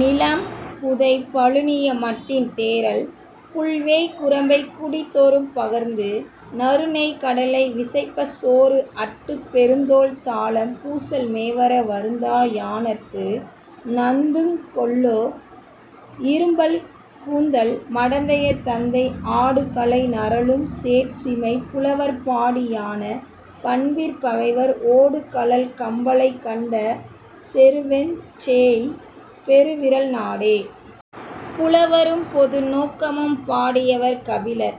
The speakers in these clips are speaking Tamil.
நிலம் புதைப் பழுனிய மட்டின் தேறல் புல் வேய்க் குரம்பைக் குடிதொறும் பகர்ந்து. நறுநெய்க் கடலை விசைப்பச் சோறு அட்டுப், பெருந் தோள் தாலம் பூசல் மேவர, வருந்தா யாணர்த்து; நந்துங் கொல்லோ: இரும்பல் கூந்தல் மடந்தையர் தந்தை ஆடு கழை நரலும் சேட் சிமைப், புலவர் பாடி யானாப் பண்பிற் பகைவர் ஓடுகழல் கம்பலை கண்ட செருவெஞ் சேஎய் பெருவிறல் நாடே!. புலவரும் பொதுநோக்கமும்! பாடியவர்: கபிலர்.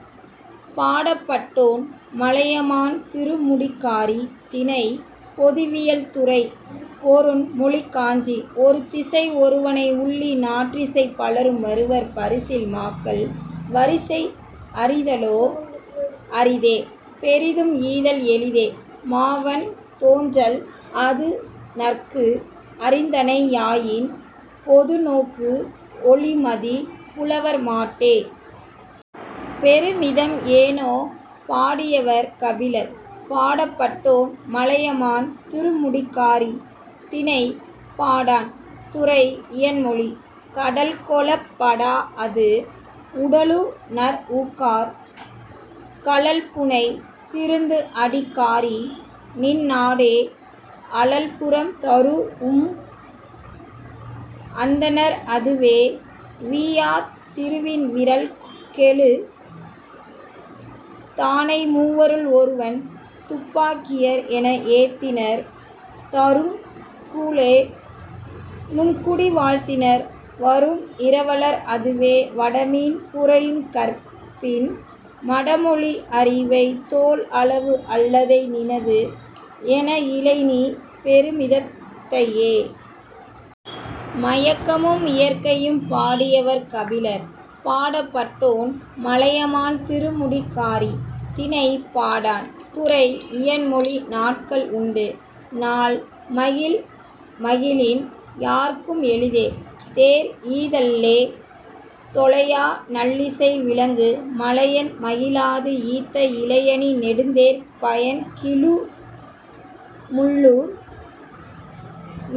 பாடப்பட்டோன்: மலையமான் திருமுடிக்காரி. திணை: பொதுவியல். துறை: பொருண் மொழிக் காஞ்சி. ஒரு திசை ஒருவனை உள்ளி, நாற்றிசைப் பலரும் வருவர், பரிசில் மாக்கள்; வரிசை அறிதலோ அரிதே; பெரிதும் ஈதல் எளிதே, மாவண் தோன்றல்; அது நற்கு அறிந்தனை யாயின், பொது நோக்கு ஒழிமதி, புலவர் மாட்டே!. பெருமிதம் ஏனோ! பாடியவர்: கபிலர். பாடப்பட்டோன்: மலையமான் திருமுடிக்காரி. திணை: பாடாண். துறை: இயன் மொழி. கடல் கொளப் படாஅது, உடலுநர் ஊக்கார், கழல்புனை திருந்துஅடிக் காரி! நின் நாடே; அழல் புறம் தரூஉம் அந்தணர் அதுவே; வீயாத் திருவின் விறல் கெழு தானை மூவருள் ஒருவன், 'துப்பா கியர்' என, ஏத்தினர் தரூஉங் கூழே, நும்குடி வாழ்த்தினர் வரூஉம் இரவலர் அதுவே; வடமீன் புரையுங் கற்பின், மடமொழி, அரிவை தோள் அளவு அல்லதை, நினது என இலைநீ பெருமிதத் தையே.. மயக்கமும் இயற்கையும்! பாடியவர்: கபிலர். பாடப்பட்டோன்: மலையமான் திருமுடிக்காரி. திணை: பாடாண். துறை: இயன் மொழி. நாட் கள் உண்டு, நாள்மகிழ் மகிழின், யார்க்கும் எளிதே, தேர் ஈதல்லே; தொலையா நல்லிசை விளங்கு மலயன் மகிழாது ஈத்த இழையணி நெடுந்தேர் பயன்கிழு முள்ளூர்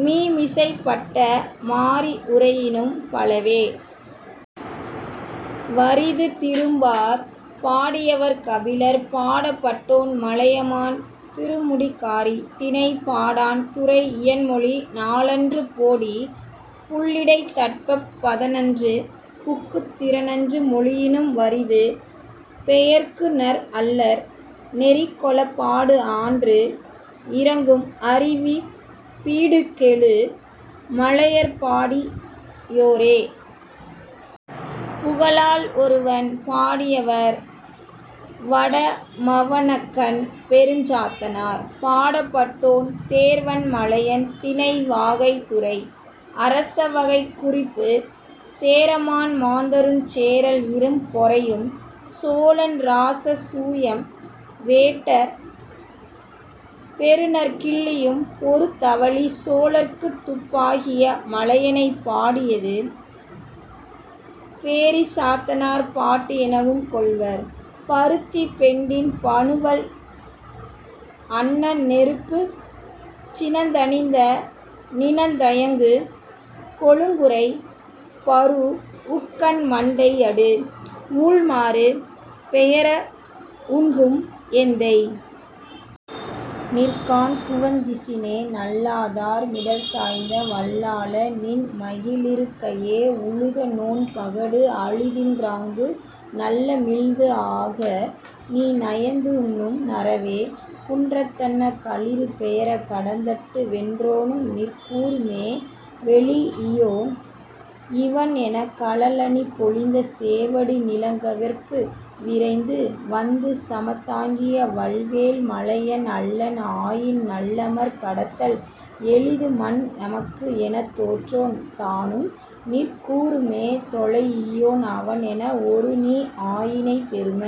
மீமிசைப் பட்ட மாரி உறையினும் பலவே.. வறிது திரும்பார்! பாடியவர்: கபிலர். பாடப்பட்டோன்: மலையமான் திருமுடிக்காரி. திணை: பாடாண். துறை: இயன் மொழி. நாளன்று போடிப், புள்ளிடைத் தட்பப், பதனன்று புக்குத், திறனன்று மொழியினும், வறிது பெயர்குநர் அல்லர்; நெறி கொளப் பாடு ஆன்று, இரங்கும் அருவிப் பீடு கெழு மலையற் பாடி யோரே.. புகழால் ஒருவன்! பாடியவர்: வடமவண்ணக்கண் பெருஞ்சாத்தனார். பாடப்பட்டோன்: தேர்வண் மலையன். திணை: வாகை. துறை: அரச வாகை. குறிப்பு: சேரமான் மாந்தரஞ் சேரல் இரும்பொறையும், சோழன் இராச சூயம்வேட்ட பெருநற் கிள்ளியும் பொருதவழிச், சோழற்குத் துப்பாகிய மலையனைப் பாடியது; பேரிசாத்தனார் பாட்டு எனவும் கொள்வர். பருத்திப் பெண்டின் பனுவல் அன்ன, நெருப்புச் சினந்தணிந்த நிணந்தயங்கு கொழுங்குறை, பரூஉக் கண் மண்டை யடு, ஊழ்மாறு பெயர உண்கும், எந்தை! நிற் காண்குவந் திசினே, நள் ளாதார் மிடல் சாய்ந்த வல்லாள! நின் மகிழிருக் கையே உழுத நோன் பகடு அழிதின் றாங்கு நல்லமிழ்து ஆக, நீ நயந்துண்ணும் நறவே; குன்றத் தன்ன களிறு பெயரக், கடந்தட்டு வென்றோனும், நிற் கூறும்மே; 'வெலீஇயோன் இவன்' எனக் 'கழலணிப் பொலிந்த சேவடி நிலங் கவர்பு விரைந்து வந்து, சமந் தாங்கிய, வல்வேல் மலையன் அல்லன் ஆயின் நல்லமர் கடத்தல் எளிதுமன், நமக்கு' எனத், தோற்றோன் தானும், நிற்கூ றும்மே, 'தொலைஇயோன் அவன்' என, ஒருநீ ஆயினை; பெரும!